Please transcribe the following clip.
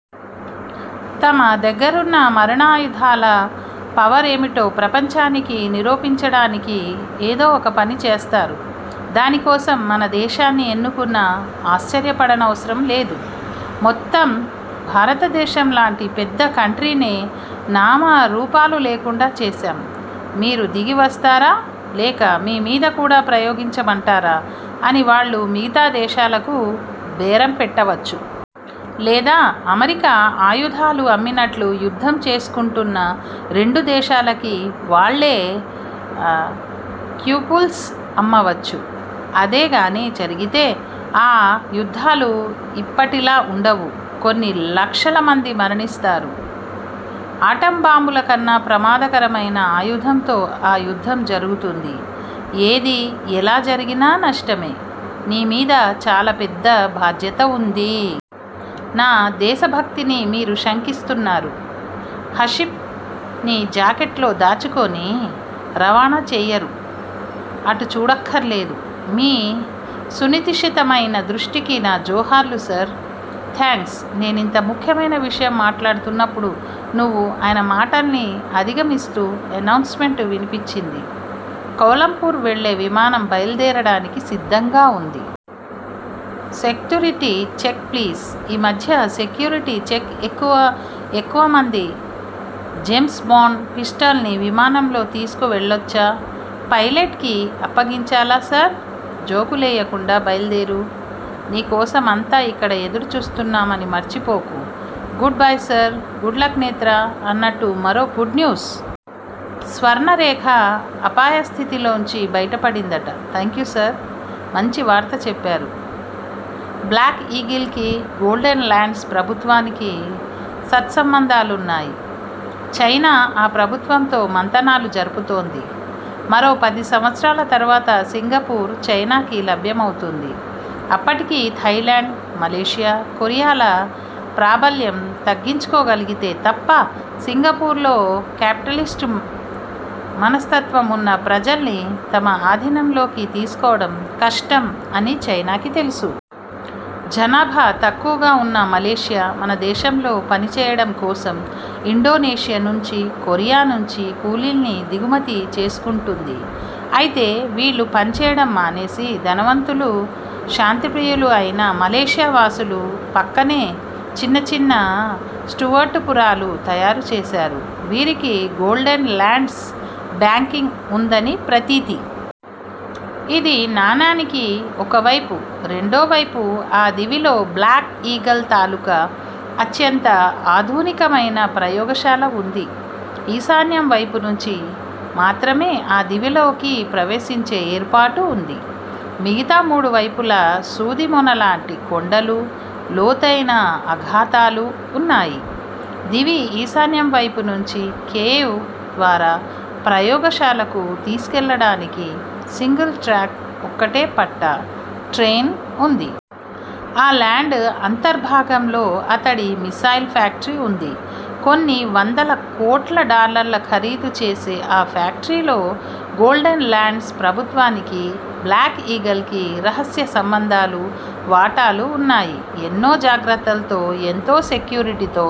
తమ దగ్గరున్న మరణాయుధాల పవర్ ఏమిటో ప్రపంచానికి నిరూపించడానికి ఏదో ఒక పని చేస్తారు. దానికోసం మన దేశాన్ని ఎన్నుకున్నా ఆశ్చర్యపడనవసరంలేదు. మొత్తం భారతదేశంలాంటి పెద్ద కంట్రీనే నామరూపాలు లేకుండా చేశాం- మీరు దిగివస్తారా- లేక మీమీద కూడా ప్రయోగించమంటారా అని వాళ్ళు మిగతా దేశాలకు బేరం పెట్టవచ్చు. లేదా- అమెరికా ఆయుధాలు అమ్మినట్లు యుద్ధం చేసుకుంటున్న రెండు దేశాలకీ వాళ్ళే క్యుప్సూల్స్ అమ్మవచ్చు. అదేగానీ జరిగితే ఆ యుద్ధాలు ఇప్పటిలా వుండవు. కొన్ని లక్షలమంది మరణిస్తారు. ఆటంబాంబుల కన్నా ప్రమాదకరమైన ఆయుధంతో ఆ యుద్ధం జరుగుతుంది. ఏది ఎలా జరిగినా నష్టమే. నీ మీద చాలా పెద్ద బాధ్యత వుంది. నా దేశభక్తిని మీరు శంకిస్తున్నారు. హషిప్ ని జాకెట్ లో దాచుకుని రవాణా చెయ్యరు. అటు చూడక్కర్లేదు. మీ సునిశితమైన దృష్టికి నా జోహార్లు సర్. థాంక్స్ నేనింత ముఖ్యమైన విషయం మాట్లాడుతున్నప్పుడు నువ్వు ఆయన మాటల్ని అధిగమిస్తూ అనౌన్స్ మెంట్ వినిపిచింది. కౌలంపూర్ వెళ్ళే విమానం బయల్దేరడానికి సిద్ధంగా వుంది. సేక్తూరిటి చెక్ ప్లీజ్- ఈ మధ్య సెక్యూరిటీ చెక్ ఎక్కువ ఎక్కువమంది. జేమ్స్ బాండ్ పిస్టల్ ని విమానంలో తీసుకు వెళ్ళొచ్చా? పైలెట్ కి అప్పగించాలా సార్? జోకు లెయ్యకుండా బయల్దేరు. నీ కోసం అంతా ఇక్కడ ఎదురు చూస్తున్నామని మర్చిపోకు. Goodbye sir- good luck Netra- అన్నట్టు మరో గుడ్ న్యూస్. స్వర్ణరేఖ అపాయ స్థితిలోంచి బైటపడిందట. Thank you sir. మంచివార్త చెప్పారు. బ్లాక్ ఈగిల్ కి, గోల్డెన్ లాండ్స్ ప్రభుత్వానికీ సత్సంబంధాలున్నాయి. చైనా ఆ ప్రభుత్వంతో మంతనాలు జరుపుతోంది. మరో పది సంవత్సరాల తరువాత సింగపూర్ చైనాకి లభ్యమవుతుంది. అప్పటికి థాయిలాండ్, మలేషియా, కొరియాల ప్రాబల్యం తగ్గించుకో గలిగితే తప్ప, సింగపూర్ లో కాపిటలిస్టు మనస్తత్వం వున్న ప్రజల్ని తమ ఆధీనంలోకి తీసుకోవడం కష్టం అని చైనాకి తెలుసు. జనాభా తక్కువగా వున్న మలేషియా, తమ దేశంలో పని చెయ్యడంకోసం ఇండోనేషియా నుంచీ, కొరియా నుంచి కూలీల్ని దిగుమతి చేసుకుంటూంది. అయితే వీళ్ళు పని చేయడం మానేసి, ధనవంతులూ, శాంతిప్రియులూ అయిన మలేషియా వాసులు పక్కనే చిన్న చిన్న స్టూవర్టుపురాలు తయారు చేశారు. వీరికి గోల్డెన్ లాండ్స్ బ్యాంకింగ్ వుందని ప్రతీతి. ఇది నాణేనికి ఒకవైపు రెండో వైపు ఆ దీవిలో బ్లాక్ ఈగిల్ తాలూక అత్యంత ఆధునికమైన ప్రయోగశాల వుంది. ఈశాన్యం వైపునుంచి మాత్రమే ఆ దీవిలోకి ప్రవేశించే ఏర్పాటు వుంది. మిగతా మూడువైపులా సూదిమొనలాటి కొండలూ, లోతైన అఖాతాలు వున్నాయి. దీవి ఈశాన్యం వైపునుంచి, కేవ్ ద్వారా ప్రయోగశాలకు తీసుకువెళ్ళడానికి సింగిల్ ట్రాక్ ఒక్కటే పట్టా_ ట్రైన్ వుంది. ఆ లాండ్ అంతర్భాగంలో అతడి మిస్సైల్ ఫ్యాక్టరీ వుంది. కొన్ని వందల కోట్ల డాలర్ల ఖరీదు చేసే ఆ ఫ్యాక్టరీలో గోల్డెన్ లాండ్స్ ప్రభుత్వానికీ, బ్లాక్ ఈగిల్ కీ రహస్య సంబంధాలు, వాటాలూ వున్నాయి. ఎన్నో జాగ్రత్తలతో, ఎంతో సెక్యూరిటీతో